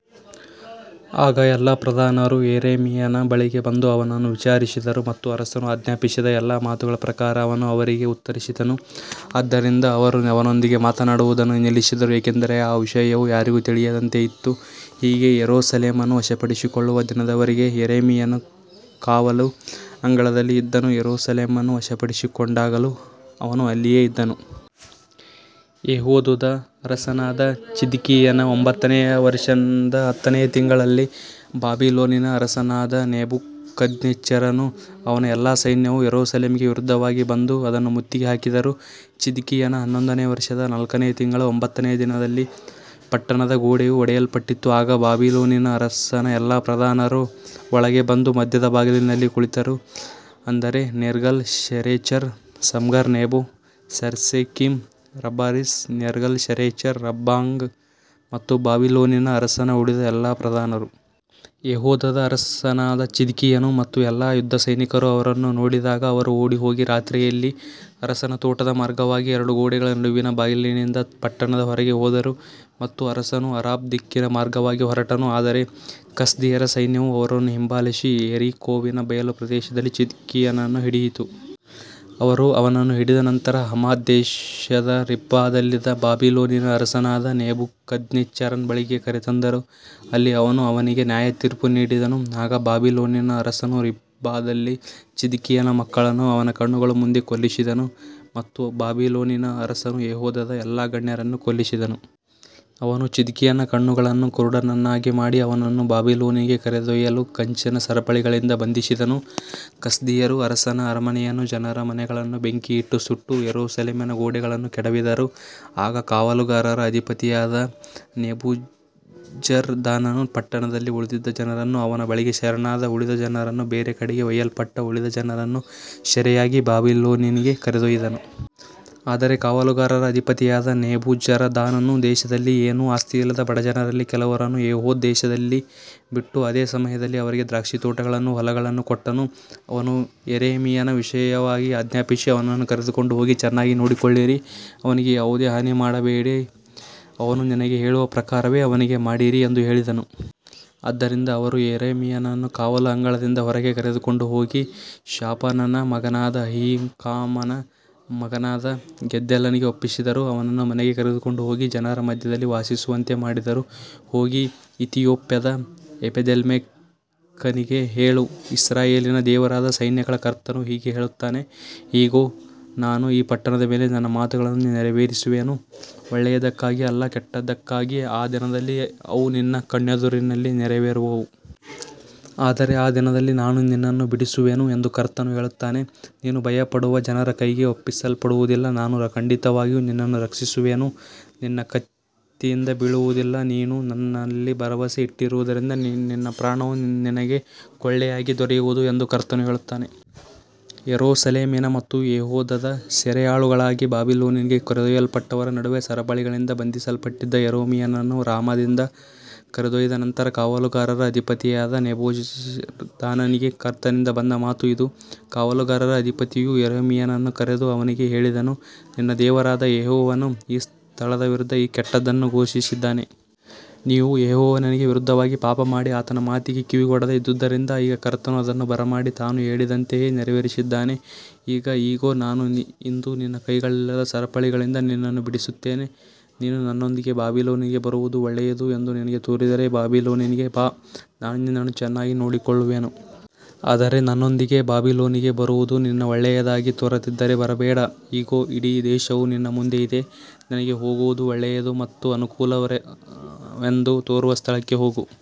ಆಗ ಎಲ್ಲಾ ಪ್ರಧಾನರು ಯೆರೆಮೀಯನ ಬಳಿಗೆ ಬಂದು ಅವನನ್ನು ವಿಚಾರಿಸಿದರು, ಮತ್ತು ಅರಸನು ಆಜ್ಞಾಪಿಸಿದ್ದ ಎಲ್ಲಾ ಮಾತುಗಳ ಪ್ರಕಾರ ಅವನು ಅವರಿಗೆ ಉತ್ತರಿಸಿದನು. ಆದ್ದರಿಂದ ಅವರು ಅವನೊಂದಿಗೆ ಮಾತನಾಡುವುದನ್ನು ನಿಲ್ಲಿಸಿದರು, ಏಕೆಂದರೆ ಆ ವಿಷಯವು ಯಾರಿಗೂ ತಿಳಿಯದಂತೆ ಇತ್ತು. ಹೀಗೆ ಯೆರೂಸಲೇಮನ್ನು ವಶಪಡಿಸಿಕೊಳ್ಳುವ ದಿನದವರೆಗೆ ಯೆರೆಮೀಯನು ಕಾವಲು ಅಂಗಳದಲ್ಲಿ ಇದ್ದನು, ಯೆರೂಸಲೇಮನ್ನು ವಶಪಡಿಸಿಕೊಂಡಾಗಲೂ ಅವನು ಅಲ್ಲಿಯೇ ಇದ್ದನು. ಯೆಹೂದದ ಅರಸನಾದ ಚಿದ್ಕೀಯನ ಒಂಬತ್ತನೆಯ ವರ್ಷದ ಹತ್ತನೆಯ ತಿಂಗಳಲ್ಲಿ ಬಾಬಿಲೋನಿನ ಅರಸನಾದ ನೆಬೂಕದ್ನೆಚ್ಚರನೂ ಅವನ ಎಲ್ಲಾ ಸೈನ್ಯವೂ ಯೆರೂಸಲೇಮಿಗೆ ವಿರುದ್ಧವಾಗಿ ಬಂದು ಅದನ್ನು ಮುತ್ತಿಗೆ ಹಾಕಿದರು. ಚಿದ್ಕೀಯನ ಹನ್ನೊಂದನೆಯ ವರ್ಷದ ನಾಲ್ಕನೆಯ ತಿಂಗಳ ಒಂಬತ್ತನೆಯ ದಿನದಲ್ಲಿ ಪಟ್ಟಣದ ಗೋಡೆಯು ಒಡೆಯಲ್ಪಟ್ಟಿತು. ಆಗ ಬಾಬಿಲೋನಿನ ಅರಸನ ಎಲ್ಲಾ ಪ್ರಧಾನರು ಒಳಗೆ ಬಂದು ಮಧ್ಯದ ಬಾಗಿಲಿನಲ್ಲಿ ಕುಳಿತರು, ಅಂದರೆ Nergal Sharezer, Samgar Nebo, Sarsechim, Rabsaris, Nergal Sharezer, Rabmag ಮತ್ತು ಬಾಬಿಲೋನಿನ ಅರಸನ ಉಳಿದ ಎಲ್ಲಾ ಪ್ರಧಾನರು. ಯೆಹೂದದ ಅರಸನಾದ ಚಿದ್ಕೀಯನು ಮತ್ತು ಎಲ್ಲಾ ಯುದ್ಧಸೈನಿಕರು ಅವರನ್ನು ನೋಡಿದಾಗ ಅವರು ಓಡಿಹೋಗಿ, ರಾತ್ರಿಯಲ್ಲಿ ಅರಸನ ತೋಟದ ಮಾರ್ಗವಾಗಿ, ಎರಡು ಗೋಡೆಗಳ ನಡುವಿನ ಬಾಗಿಲಿನಿಂದ ಪಟ್ಟಣದ ಹೊರಗೆ ಹೋದರು ಮತ್ತು ಅರಸನು ಅರಬಾ ದಿಕ್ಕಿನ ಮಾರ್ಗವಾಗಿ ಹೊರಟನು. ಆದರೆ ಕಸ್ದೀಯರ ಸೈನ್ಯವು ಅವರನ್ನು ಹಿಂಬಾಲಿಸಿ, ಯೆರಿಕೋವಿನ ಬಯಲು ಪ್ರದೇಶದಲ್ಲಿ ಚಿದ್ಕೀಯನನ್ನು ಹಿಡಿಯಿತು. ಅವರು ಅವನನ್ನು ಹಿಡಿದ ನಂತರ ಹಮಾತ್ ದೇಶದ ರಿಬ್ಲಾದಲ್ಲಿದ್ದ ಬಾಬಿಲೋನಿನ ಅರಸನಾದ ನೆಬೂಕದ್ನೆಚ್ಚರನ ಬಳಿಗೆ ಕರೆತಂದರು, ಅಲ್ಲಿ ಅವನು ಅವನಿಗೆ ನ್ಯಾಯತೀರ್ಪು ನೀಡಿದನು. ಆಗ ಬಾಬಿಲೋನಿನ ಅರಸನು ರಿಬ್ಲಾದಲ್ಲಿ ಚಿದ್ಕೀಯನ ಮಕ್ಕಳನ್ನು ಅವನ ಕಣ್ಣುಗಳ ಮುಂದೆ ಕೊಲ್ಲಿಸಿದನು ಮತ್ತು ಬಾಬಿಲೋನಿನ ಅರಸನು ಯೆಹೂದದ ಎಲ್ಲಾ ಗಣ್ಯರನ್ನೂ ಕೊಲ್ಲಿಸಿದನು. ಅವನು ಚಿದ್ಕೀಯನ ಕಣ್ಣುಗಳನ್ನು ಕುರುಡನನ್ನಾಗಿ ಮಾಡಿ, ಅವನನ್ನು ಬಾಬಿಲೋನಿಗೆ ಕರೆದೊಯ್ಯಲು ಕಂಚಿನ ಸರಪಳಿಗಳಿಂದ ಬಂಧಿಸಿದನು. ಕಸ್ದೀಯರು ಅರಸನ ಅರಮನೆಯನ್ನೂ ಜನರ ಮನೆಗಳನ್ನೂ ಬೆಂಕಿಯಿಂದ ಸುಟ್ಟು, ಯೆರೂಸಲೇಮಿನ ಗೋಡೆಗಳನ್ನು ಕೆಡವಿದರು. ಆಗ ಕಾವಲುಗಾರರ ಅಧಿಪತಿಯಾದ ನೆಬೂಜರದಾನನು ಪಟ್ಟಣದಲ್ಲಿ ಉಳಿದಿದ್ದ ಜನರನ್ನೂ, ಅವನ ಬಳಿಗೆ ಶರಣಾದ ಉಳಿದ ಜನರನ್ನೂ, ಬೇರೆ ಕಡೆಗೆ ಒಯ್ಯಲ್ಪಟ್ಟ ಉಳಿದ ಜನರನ್ನೂ ಸೆರೆಯಾಗಿ ಬಾಬಿಲೋನಿಗೆ ಕರೆದೊಯ್ದನು. ಆದರೆ ಕಾವಲುಗಾರರ ಅಧಿಪತಿಯಾದ ನೆಬೂಜರದಾನನು ದೇಶದಲ್ಲಿ ಏನೂ ಆಸ್ತಿಯಿಲ್ಲದ ಬಡ ಜನರಲ್ಲಿ ಕೆಲವರನ್ನು ಯೆಹೂದ ದೇಶದಲ್ಲಿ ಬಿಟ್ಟು, ಅದೇ ಸಮಯದಲ್ಲಿ ಅವರಿಗೆ ದ್ರಾಕ್ಷಿತೋಟಗಳನ್ನೂ ಹೊಲಗಳನ್ನೂ ಕೊಟ್ಟನು. ಅವನು ಯೆರೆಮೀಯನ ವಿಷಯವಾಗಿ ಆಜ್ಞಾಪಿಸಿ, ಅವನನ್ನು ಕರೆದುಕೊಂಡು ಹೋಗಿ ಚೆನ್ನಾಗಿ ನೋಡಿಕೊಳ್ಳಿರಿ, ಅವನಿಗೆ ಯಾವುದೇ ಹಾನಿ ಮಾಡಬೇಡಿ, ಅವನು ನಿನಗೆ ಹೇಳುವ ಪ್ರಕಾರವೇ ಅವನಿಗೆ ಮಾಡಿರಿ ಎಂದು ಹೇಳಿದನು. ಆದ್ದರಿಂದ ಅವರು ಯೆರೆಮೀಯನನ್ನು ಕಾವಲು ಅಂಗಳದಿಂದ ಹೊರಗೆ ಕರೆದುಕೊಂಡು ಹೋಗಿ, ಶಾಫಾನನ ಮಗನಾದ ಅಹೀಕಾಮನ ಮಗನಾದ ಗೆದಲ್ಯನಿಗೆ ಒಪ್ಪಿಸಿದರು, ಅವನನ್ನು ಮನೆಗೆ ಕರೆದುಕೊಂಡು ಹೋಗಿ ಜನರ ಮಧ್ಯದಲ್ಲಿ ವಾಸಿಸುವಂತೆ ಮಾಡಿದರು. ಹೋಗಿ ಇಥಿಯೋಪ್ಯದ ಎಬೆದ್ಮೆಲೆಕನಿಗೆ ಹೇಳು, ಇಸ್ರಾಯೇಲಿನ ದೇವರಾದ ಸೈನ್ಯಗಳ ಕರ್ತನು ಹೀಗೆ ಹೇಳುತ್ತಾನೆ, ಇಗೋ, ನಾನು ಈ ಪಟ್ಟಣದ ಮೇಲೆ ನನ್ನ ಮಾತುಗಳನ್ನು ನೆರವೇರಿಸುವೆನು, ಒಳ್ಳೆಯದಕ್ಕಾಗಿ ಅಲ್ಲ, ಕೆಟ್ಟದ್ದಕ್ಕಾಗಿ, ಆ ದಿನದಲ್ಲಿ ಅವು ನಿನ್ನ ಕಣ್ಣೆದುರಿನಲ್ಲಿ ನೆರವೇರುವವು. ಆದರೆ ಆ ದಿನದಲ್ಲಿ ನಾನು ನಿನ್ನನ್ನು ಬಿಡಿಸುವೆನು ಎಂದು ಕರ್ತನು ಹೇಳುತ್ತಾನೆ, ನೀನು ಭಯಪಡುವ ಜನರ ಕೈಗೆ ಒಪ್ಪಿಸಲ್ಪಡುವುದಿಲ್ಲ. ನಾನು ಖಂಡಿತವಾಗಿಯೂ ನಿನ್ನನ್ನು ರಕ್ಷಿಸುವೆನು, ನೀನು ಕತ್ತಿಯಿಂದ ಬೀಳುವುದಿಲ್ಲ, ನೀನು ನನ್ನಲ್ಲಿ ಭರವಸೆ ಇಟ್ಟಿರುವುದರಿಂದ ನಿನ್ನ ಪ್ರಾಣವು ನಿನಗೆ ಕೊಳ್ಳೆಯಾಗಿ ದೊರೆಯುವುದು ಎಂದು ಕರ್ತನು ಹೇಳುತ್ತಾನೆ. ಯೆರೂಸಲೇಮಿನ ಮತ್ತು ಯೆಹೂದದ ಸೆರೆಯಾಳುಗಳಾಗಿ ಬಾಬಿಲೋನಿಗೆ ಕರೆದೊಯ್ಯಲ್ಪಟ್ಟವರ ನಡುವೆ ಸರಪಳಿಗಳಿಂದ ಬಂಧಿಸಲ್ಪಟ್ಟಿದ್ದ ಯೆರೆಮೀಯನನ್ನು ರಾಮಾದಿಂದ ಕರೆದೊಯ್ದ ನಂತರ, ಕಾವಲುಗಾರರ ಅಧಿಪತಿಯಾದ ನೆಬೂಜರದಾನನಿಗೆ ಕರ್ತನಿಂದ ಬಂದ ಮಾತು ಇದು. ಕಾವಲುಗಾರರ ಅಧಿಪತಿಯು ಯೆರೆಮೀಯನನ್ನು ಕರೆದು ಅವನಿಗೆ ಹೇಳಿದನು, ನಿನ್ನ ದೇವರಾದ ಯೆಹೋವನು ಈ ಸ್ಥಳದ ವಿರುದ್ಧ ಈ ಕೆಟ್ಟದ್ದನ್ನು ಘೋಷಿಸಿದ್ದಾನೆ. ನೀವು ಯೆಹೋವನಿಗೆ ವಿರುದ್ಧವಾಗಿ ಪಾಪಮಾಡಿ, ಆತನ ಮಾತಿಗೆ ಕಿವಿಗೊಡದೆ ಇದ್ದುದರಿಂದ, ಈಗ ಕರ್ತನು ಅದನ್ನು ಬರಮಾಡಿ, ತಾನು ಹೇಳಿದಂತೆಯೇ ನೆರವೇರಿಸಿದ್ದಾನೆ. ಈಗ ಇಗೋ, ನಾನು ಇಂದು ನಿನ್ನ ಕೈಗಳಲ್ಲಿದ್ದ ಸರಪಳಿಗಳಿಂದ ನಿನ್ನನ್ನು ಬಿಡಿಸುತ್ತೇನೆ. ನೀನು ನನ್ನೊಂದಿಗೆ ಬಾಬಿಲೋನಿಗೆ ಬರುವುದು ಒಳ್ಳೆಯದು ಎಂದು ನಿನಗೆ ತೋರಿದರೆ, ಬಾಬಿಲೋನಿಗೆ ಬಾ, ನಾನು ನಿನ್ನನ್ನು ಚೆನ್ನಾಗಿ ನೋಡಿಕೊಳ್ಳುವೆನು. ಆದರೆ ನನ್ನೊಂದಿಗೆ ಬಾಬಿಲೋನಿಗೆ ಬರುವುದು ನಿನಗೆ ಒಳ್ಳೆಯದಾಗಿ ತೋರದಿದ್ದರೆ, ಬರಬೇಡ. ಇಗೋ, ಇಡೀ ದೇಶವು ನಿನ್ನ ಮುಂದೆ ಇದೆ, ನಿನಗೆ ಹೋಗುವುದು ಒಳ್ಳೆಯದು ಮತ್ತು ಅನುಕೂಲಕರವೆಂದು ತೋರುವ ಸ್ಥಳಕ್ಕೆ ಹೋಗು.